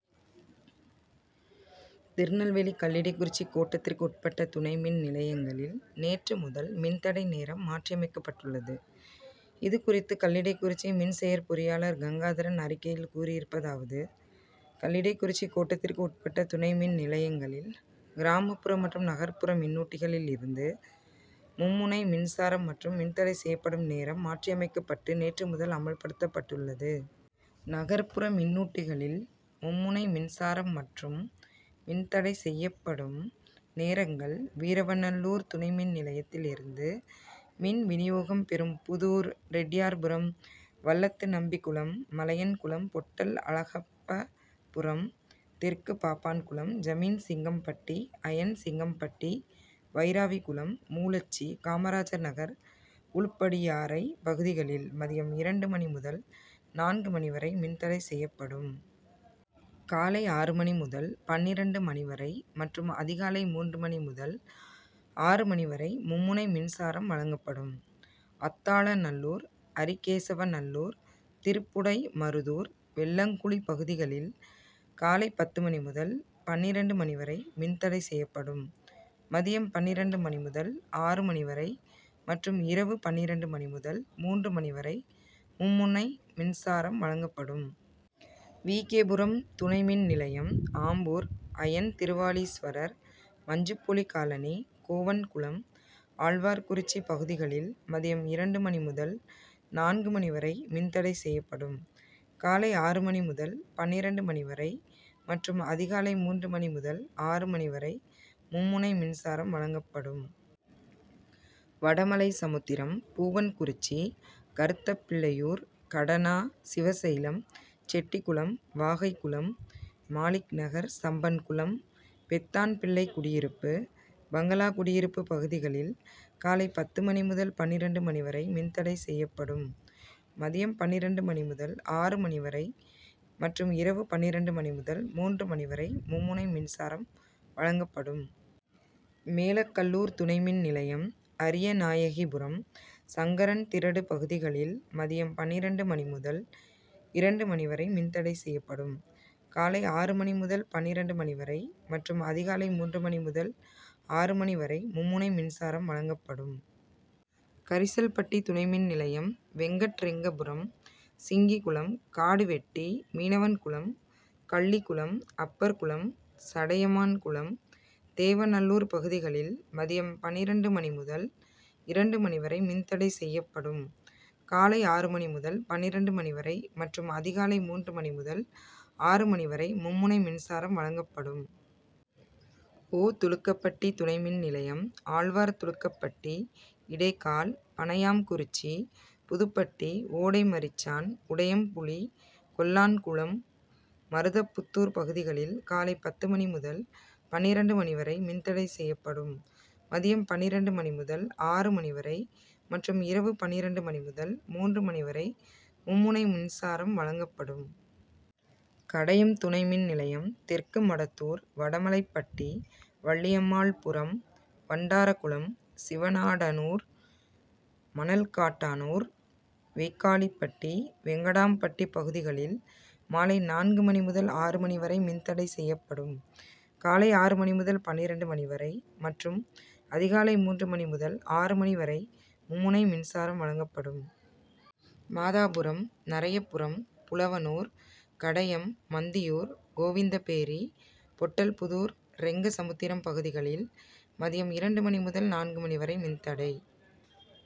திருநெல்வேலி கல்லிடைக்குறிச்சி கோட்டத்திற்கு உட்பட்ட துணைமின் நிலையங்களில் நேற்று முதல் மின்தடை நேரம் மாற்றியமைக்கப்பட்டுள்ளது. இதுகுறித்து கல்லிடைக்குறிச்சி மின்செயற் பொறியாளர் கங்காதரன் அறிக்கையில் கூறியிருப்பதாவது கல்லிடைக்குறிச்சி கோட்டத்திற்கு உட்பட்ட துணைமின் நிலையங்களில் கிராமபுற மற்றும் நகர்புற மின்னூட்டிகளில் இருந்து மும்முனை மின்சாரம் மற்றும் மின்தடை செய்யப்படும் நேரம் மாற்றியமைக்கப்பட்டு நேற்று முதல் அமல்படுத்தப்பட்டுள்ளது. நகர்புற மின்னூட்டிகளில் மும்முனை மின்சாரம் மற்றும் மின்தடை செய்யப்படும் நேரங்கள் வீரவநல்லூர் துணைமின் நிலையத்தில் இருந்து மின்வினியோகம் பெறும் புதூர், ரெட்டியார்புரம், வல்லத்துநம்பிகுளம், மலையன்குளம், பொட்டல், அழகப்பபுரம், தெற்கு பாப்பான்குளம், ஜமீன்சிங்கம்பட்டி, அயன்சிங்கம்பட்டி, வைராவிகுளம், மூலச்சி, காமராஜர் நகர், உலுப்படியாறை பகுதிகளில் மதியம் இரண்டு மணி முதல் நான்கு மணி வரை மின்தடை செய்யப்படும். காலை ஆறு மணி முதல் பன்னிரண்டு மணி வரை மற்றும் அதிகாலை மூன்று மணி முதல் ஆறு மணி வரை மும்முனை மின்சாரம் வழங்கப்படும். அத்தாளநல்லூர், அரிகேசவநல்லூர், திருப்புடைமருதூர், வெள்ளங்குளி பகுதிகளில் காலை பத்து மணி முதல் பன்னிரண்டு மணி வரை மின்தடை செய்யப்படும். மதியம் பன்னிரண்டு மணி முதல் ஆறு மணி வரை மற்றும் இரவு பன்னிரண்டு மணி முதல் மூன்று மணி வரை மும்முனை மின்சாரம் வழங்கப்படும். வி. கே. புரம் துணை மின் நிலையம் ஆம்பூர், அயன் திருவாலீஸ்வரர், மஞ்சுப்புலி காலனி, கோவன்குளம், ஆழ்வார்குறிச்சி பகுதிகளில் மதியம் இரண்டு மணி முதல் நான்கு மணி வரை மின்தடை செய்யப்படும். காலை ஆறு மணி முதல் பன்னிரண்டு மணி வரை மற்றும் அதிகாலை மூன்று மணி முதல் ஆறு மணி வரை மும்முனை மின்சாரம் வழங்கப்படும். வடமலைசமுத்திரம், பூவன்குறிச்சி, கருத்தப்பிள்ளையூர், கடனா, சிவசைலம், செட்டிகுளம், வாகைகுளம், மாலிக்நகர், சம்பன்குளம், பெத்தான்பிள்ளைகுடியிருப்பு, பங்களா குடியிருப்பு பகுதிகளில் காலை பத்து மணி முதல் பன்னிரண்டு மணி வரை மின்தடை செய்யப்படும். மதியம் பன்னிரண்டு மணி முதல் ஆறு மணி வரை மற்றும் இரவு பன்னிரண்டு மணி முதல் மூன்று மணி வரை மும்முனை மின்சாரம் வழங்கப்படும். மேலக்கல்லூர் துணை மின் நிலையம் அரியநாயகிபுரம், சங்கரன்திரடு பகுதிகளில் மதியம் பன்னிரண்டு மணி முதல் இரண்டு மணி வரை மின்தடை செய்யப்படும். காலை ஆறு மணி முதல் பன்னிரண்டு மணி வரை மற்றும் அதிகாலை மூன்று மணி முதல் ஆறு மணி வரை மும்முனை மின்சாரம் வழங்கப்படும். கரிசல்பட்டி துணைமின் நிலையம் வெங்கட்ரெங்கபுரம், சிங்கிகுளம், காடுவெட்டி, மீனவன்குளம், கள்ளிகுளம், அப்பர்குளம், சடையமான்குளம், தேவநல்லூர் பகுதிகளில் மதியம் பன்னிரண்டு மணி முதல் இரண்டு மணி வரை மின்தடை செய்யப்படும். காலை ஆறு மணி முதல் பன்னிரண்டு மணி வரை மற்றும் அதிகாலை மூன்று மணி முதல் ஆறு மணி வரை மும்முனை மின்சாரம் வழங்கப்படும். ஓ. துலுக்கப்பட்டி துணைமின் நிலையம் ஆழ்வார்துலுக்கப்பட்டி, இடைகால், பணையாம்குறிச்சி, புதுப்பட்டி, ஓடைமரிச்சான், உடையம்புளி, கொல்லான்குளம், மருதப்புத்தூர் பகுதிகளில் காலை பத்து மணி முதல் பன்னிரண்டு மணி வரை மின்தடை செய்யப்படும். மதியம் பன்னிரண்டு மணி முதல் ஆறு மணி வரை மற்றும் இரவு பன்னிரண்டு மணி முதல் மூன்று மணி வரை மும்முனை மின்சாரம் வழங்கப்படும். கடையம் துணைமின் நிலையம் தெற்கு மடத்தூர், வடமலைபட்டி, வள்ளியம்மாள்புரம், வண்டாரகுளம், சிவநாடானூர், மணல்காட்டானூர், வெய்க்காலிபட்டி, வெங்கடாம்பட்டி பகுதிகளில் மாலை நான்கு மணி முதல் ஆறு மணி வரை மின்தடை செய்யப்படும். காலை ஆறு மணி முதல் பன்னிரண்டு மணி வரை மற்றும் அதிகாலை மூன்று மணி முதல் ஆறு மணி வரை மும்முனை மின்சாரம் வழங்கப்படும். மாதாபுரம், நரையப்புரம், புலவனூர், கடையம், மந்தியூர், கோவிந்தபேரி, பொட்டல்புதூர், ரெங்கசமுத்திரம் பகுதிகளில் மதியம் இரண்டு மணி முதல் நான்கு மணி வரை மின்தடை